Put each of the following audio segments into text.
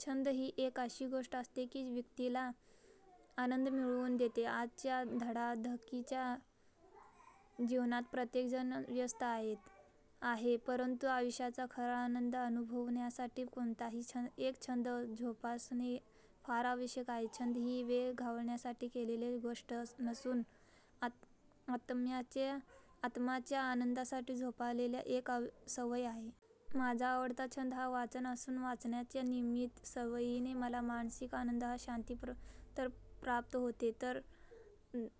छंद ही एक अशी गोष्ट असते जी व्यक्तीला आंनद मिळवून देते. आजच्या धकाधकीच्या जीवनात प्रत्येकजण व्यस्त आहे. परंतु आयुष्याचा खरा आंनद अनुभवण्यासाठी कोणताही एक छंद जोपासणे फार आवश्यक आहे. छंद ही वेळ घालवण्यासाठी केलेली गोष्ट नसून आत्म्याच्या आनंदासाठी जोपासलेली एक सवय आहे. माझा आवडता छंद हा वाचन असून, वाचनाच्या नियमित सवयीने मला मानसिक आनंद व शांती तर प्राप्त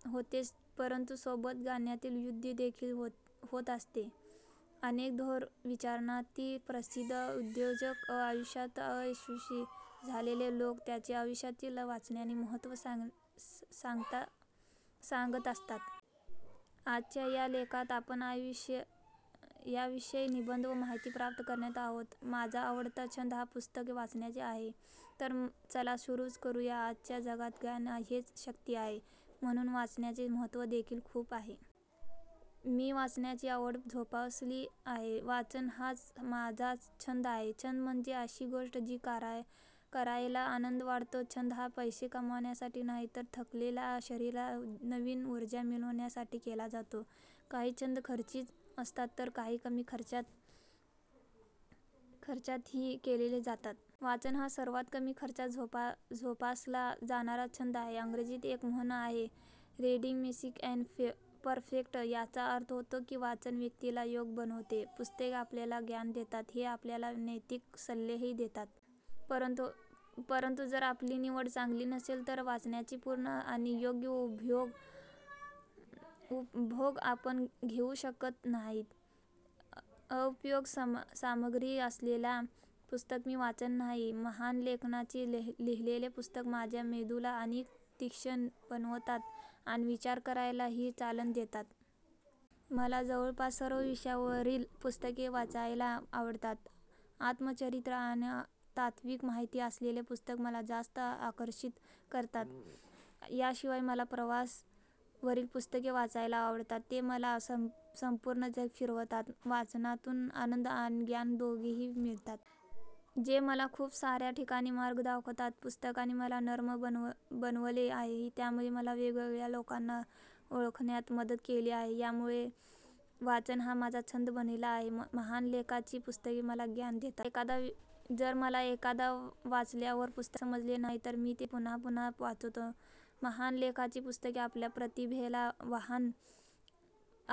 होतेच परंतु सोबत ज्ञानातील वृद्धी देखील होत असते. अनेक थोर विचारवंतांनी, प्रसिद्ध उद्योजक व आयुष्यात यशस्वी झालेले लोक त्यांच्या आयुष्यातील वाचनाचे महत्व सांगत असतात. आजच्या या लेखात आपण याविषयी निबंध व माहिती प्राप्त करणार आहोत. माझा आवडता छंद हा पुस्तके वाचण्याचा आहे. तर चला सुरू करूया.. आजच्या जगात ज्ञान हेच शक्ती आहे. म्हणून वाचनाचे महत्त्व देखील खुप आहे. मी वाचनाची आवड जोपासली आहे. वाचन हाच माझा छंद आहे. छंद म्हणजे अशी गोष्ट जी करायला आनंद वाटतो. छंद हा पैसे कमवण्यासाठी नाही तर थकलेल्या शरीराला नवीन ऊर्जा मिळवण्यासाठी केला जातो. काही छंद खर्चिक असतात तर काही कमी खर्चात ही केले जातात. वाचन हा सर्वात कमी खर्चात जोपासला जाणारा छंद आहे. इंग्रजीत एक म्हण आहे "रीडींग मेक्स मैन परफेक्ट" याचा अर्थ होतो की वाचन व्यक्तीला योग्य बनवते. पुस्तके आपल्याला ज्ञान देतात ते आपल्याला नैतिक सल्लाही देतात. परंतु जर आपली निवड चांगली नसेल तर वाचनाच्या पूर्ण आणि योग्य उपभोग आपण घेऊ शकत नाहीत. अयोग्य सामग्री असलेल्या पुस्तके मी वाचत नाही. महान लेखकांनी लिहिलेली पुस्तके माझ्या मेंदूला अधिक तीक्ष्ण बनवतात आणि विचार करायला ही चालना देतात. मला जवळपास सर्व विषयांवरील पुस्तके वाचायला आवडतात. आत्मचरित्र आणि तात्विक माहिती असलेली पुस्तके मला जास्त आकर्षित करतात. याशिवाय मला प्रवासा वरील पुस्तके वाचायला आवडतात, ते मला संपूर्ण जग फिरवतात. वाचनातून आनंद आणि ज्ञान दोघेही मिळतात. जे मला खूप साऱ्या ठिकाणी मार्ग दाखवतात. पुस्तकांनी मला नम्र बनवले आहे. त्यांनी मला वेगवेगळ्या लोकांना ओळखण्यात मदत केली आहे. यामुळे वाचन हा माझा छंद बनलेला आहे. महान लेखकांची पुस्तके मला ज्ञान देतात. जर मला एकदा वाचल्यावर पुस्तक समजले नाही तर मी ते पुन्हा पुन्हा वाचतो. महान लेखकांची पुस्तके आपल्या प्रतिभेला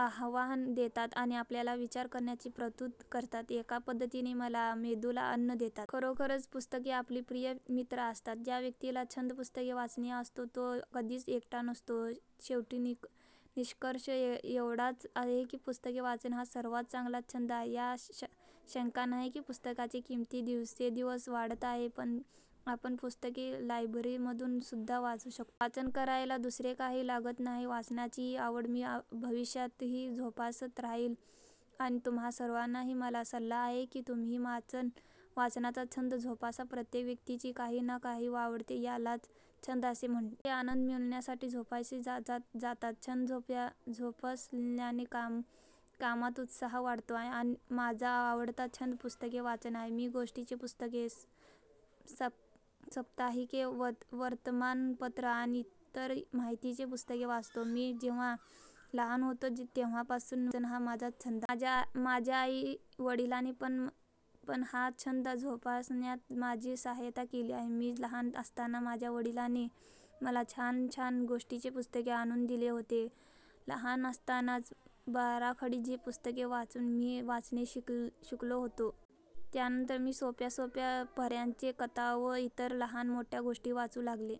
आव्हान देतात आणि आपल्याला विचार करण्यास प्रवृत्त करतात. एका पद्धतीने ते आपल्या मेंदूला अन्न देतात. खरोखरच पुस्तके आपली प्रिय मित्र असतात. ज्या व्यक्तीच्या छंद पुस्तके वाचणे असतो तो कधीच एकटा नसतो. शेवटी निष्कर्ष एवढाच आहे की पुस्तके वाचन हा सर्वात चांगला छंद आहे. यात शंका नाही की पुस्तकांच्या किमती दिवसेंदिवस वाढत आहे पण आपण पुस्तके लायब्ररीमधून सुद्धा वाचू शकतो. वाचन करायला दुसरे काहीही लागत नाही. वाचनाची ही आवड मी भविष्यातही जोपासत राहिल आणि तुम्हा सर्वांनाही माझा सल्ला आहे की तुम्हीही वाचनाचा छंद जोपासा. प्रत्येक व्यक्तीची काही ना काही आवडते, यालाच छंद असे म्हटले जाते. छंद हे आनंद मिळवण्यासाठी जोपासले जातात. छंद जोपासल्याने कामात उत्साह वाढतो. माझा आवडता छंद पुस्तके वाचन आहे. मी गोष्टीची पुस्तके, साप्ताहिके, वर्तमानपत्र आणि इतर माहिती ची पुस्तके वाचतो. मी जेव्हा लहान होतो तेव्हापासून वाचन हा माझा छंद आहे. माझ्या आई वडिलांनी पण हा छंद जोपासण्यात माझी सहायता केली आहे. मी लहान असताना माझ्या वडिलांनी मला छान छान गोष्टींची पुस्तके आणून दिली होती. लहान असतानाच बाराखडी ची पुस्तके वाचून मी वाचणे शिकलो होतो. त्यानंतर मी सोप्या सोप्या पऱ्यांच्या कथा व इतर लहान मोठ्या गोष्टी वाचू लागलो.